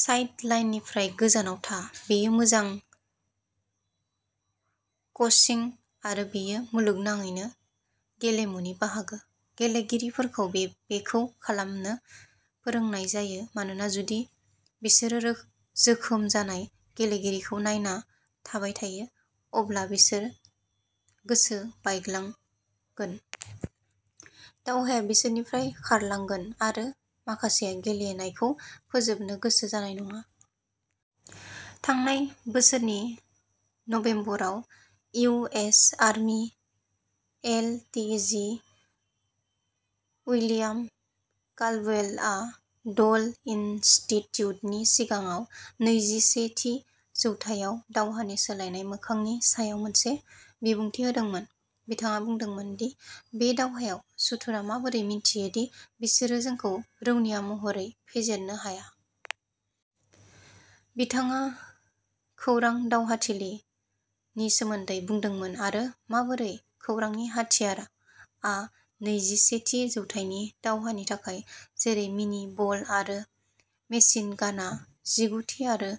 साइडलाइननिफ्राय गोजानाव था। बेयो मोजां कोचिं आरो बेयो मुलुगनाङैनो गेलेमुनि बाहागो। गेलेगिरिफोरखौ बेखौ खालामनो फोरोंनाय जायो मानोना जुदि बिसोरो जोखोम जानाय गेलेगिरिखौ नायना थाबाय थायो, अब्ला बिसोर गोसो बायग्लांगोन। दावहाया बिसोरनिफ्राय खारलांगोन आरो माखासेया गेलेनायखौ फोजोबनो गोसो जानाय नङा। थांनाय बोसोरनि नबेम्बराव U S army L T G William काल्डवेलआ ड'ल इनस्टिट्युटनि सिगाङाव नैजिसेथि जौथायाव दावहानि सोलायनाय मोखांनि सायाव मोनसे बिबुंथि होदोंमोन। बिथाङा बुंदोंमोन दि बे दावहायाव सुथुरआ माबोरै मिथियो दि बिसोरो जोंखौ रौनिया महरै फेजेननो हाया। बिथाङा "खौरां दावहाथिलि" नि सोमोन्दै बुंदोंमोन आरो माबोरै "खौरांनि हाथियार" आ नैजिसेथि जौथाइनि दावहानि थाखाय, जेरै मिनि बल आरो मेसिन गानआ जिगुथि आरो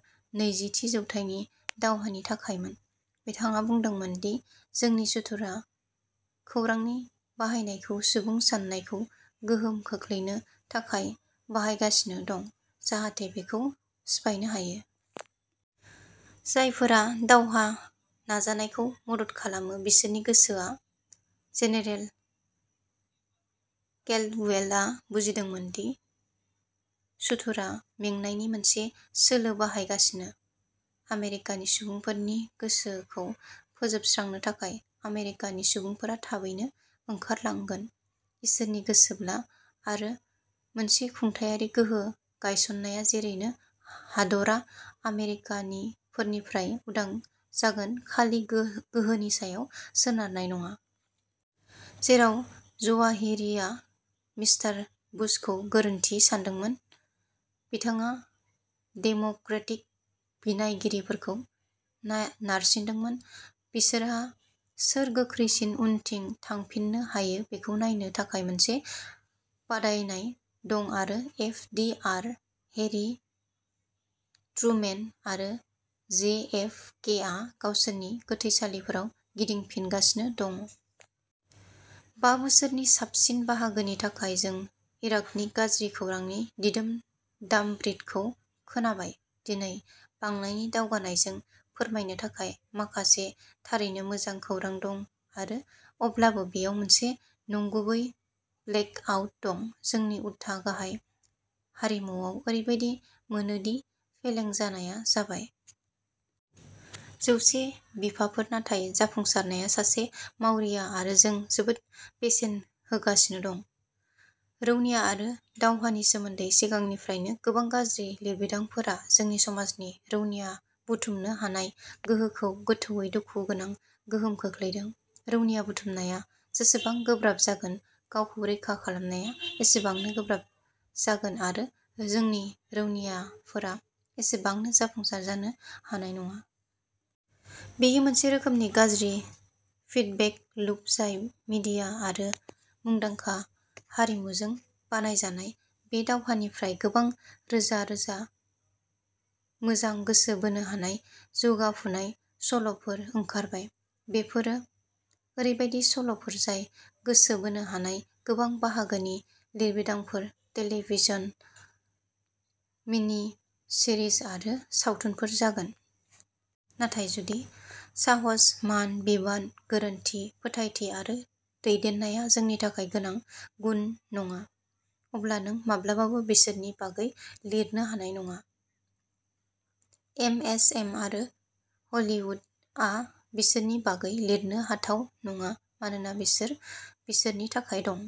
नैजिथि जौथाइनि दावहानि थाखायमोन। बिथाङा बुंदोंमोन दि जोंनि सुथुरआ खौरांनि बाहायनायखौ सुबुं सान्नायखौ गोहोम खोख्लैनो थाखाय बाहायगासिनो दं, जाहाथे बेखौ सिफायनो हायो। जायफोरा दावहा नाजानायखौ मदद खालामो बिसोरनि गोसोआ। जेनेरेल केल्डवेलआ बुजिमोदोंमोन दि सुथुरआ "मेंनायनि मोनसे सोलो बाहायगासिनो", आमेरिकानि सुबुंफोरनि गोसोखौ फोजोबस्रांनो थाखाय। "आमेरिकानि सुबुंफोरा थाबैनो ओंखारलांगोन, इसोरनि गोसोब्ला, आरो मोनसे खुंथायारि गोहो गायसननाया जेरैनो हादरा आमेरिकानिफोरनिफ्राय उदां जागोन-खालि गोहोनि सायाव सोनारनाय नङा। जेराव जवाहिरीया मिस्टार बुशखौ गोरोन्थि सानदोंमोन, बिथाङा डेम'क्रेटिक बिनायगिरिफोरखौ नारसिंदोंमोन। बिसोरहा सोर गोख्रैसिन उनथिं थांफिननो हायो बेखौ नायनो थाखाय मोनसे बादायनाय दं आरो F D R, Harry Truman, आरो जे एफ के आ गावसोरनि गोथैसालिफोराव गिदिंफिनगासिनो दं। बा बोसोरनि साबसिन बाहागोनि थाखाय, जों इराकनि गाज्रि खौरांनि दिदोम दामब्रिदखौ खोनाबाय। दिनै, बांनायनि दावगानायजों, फोरमायनो थाखाय माखासे थारैनो मोजां खौरां दं आरो अब्लाबो बेयाव मोनसे नंगुबै ब्लेकआउट दं। जोंनि उलथा गाहाय हारिमुआव, ओरैबायदि मोनो दि फेलें जानाया जाबाय। जौसे बिफाफोर नाथाय जाफुंसारनाया सासे मावरिया आरो जों जोबोद बेसेन होगासिनो दं। रौनिया आरो दावहानि सोमोन्दै सिगांनिफ्रायनो गोबां गाज्रि लिरबिदांफोरा जोंनि समाजनि रौनिया बुथुमनो हानाय गोहोखौ गोथौवै दुखु गोनां गोहोम खोख्लैदों। रौनिया बुथुमनाया जेसेबां गोब्राब जागोन, गावखौ रैखा खालामनाया एसेबांनो गोब्राब जागोन आरो जोंनि रौनियाफोरा एसेबांनो जाफुंसार जानो हानाय नङा। बेयो मोनसे रोखोमनि गाज्रि फिडबेक लुप जाय मिडिया आरो मुंदांखा हारिमुजों बानायजानाय। बे दावहानिफ्राय गोबां रोजा-रोजा मोजां, गोसो बोनो हानाय, जौगाफुनाय सल'फोर ओंखारबाय। बेफोरो ओरैबायदि सल'फोर जाय गोसो बोनो हानाय गोबां बाहागोनि लिरबिदांफोर, टेलिभिजन मिनिसिरिज आरो सावथुनफोर जागोन। नाथाय जुदि साहस, मान, बिबान, गोरोनथि, फोथायथि आरो दैदेननाया नोंनि थाखाय गोनां गुन नङा, अब्ला नों माब्लाबाबो बिसोरनि बागै लिरनो हानाय नङा। एमएसएम आरो हलीवुडआ बिसोरनि बागै लिरनो हाथाव नङा मानोना बिसोर बिसोरनि थाखाय दं।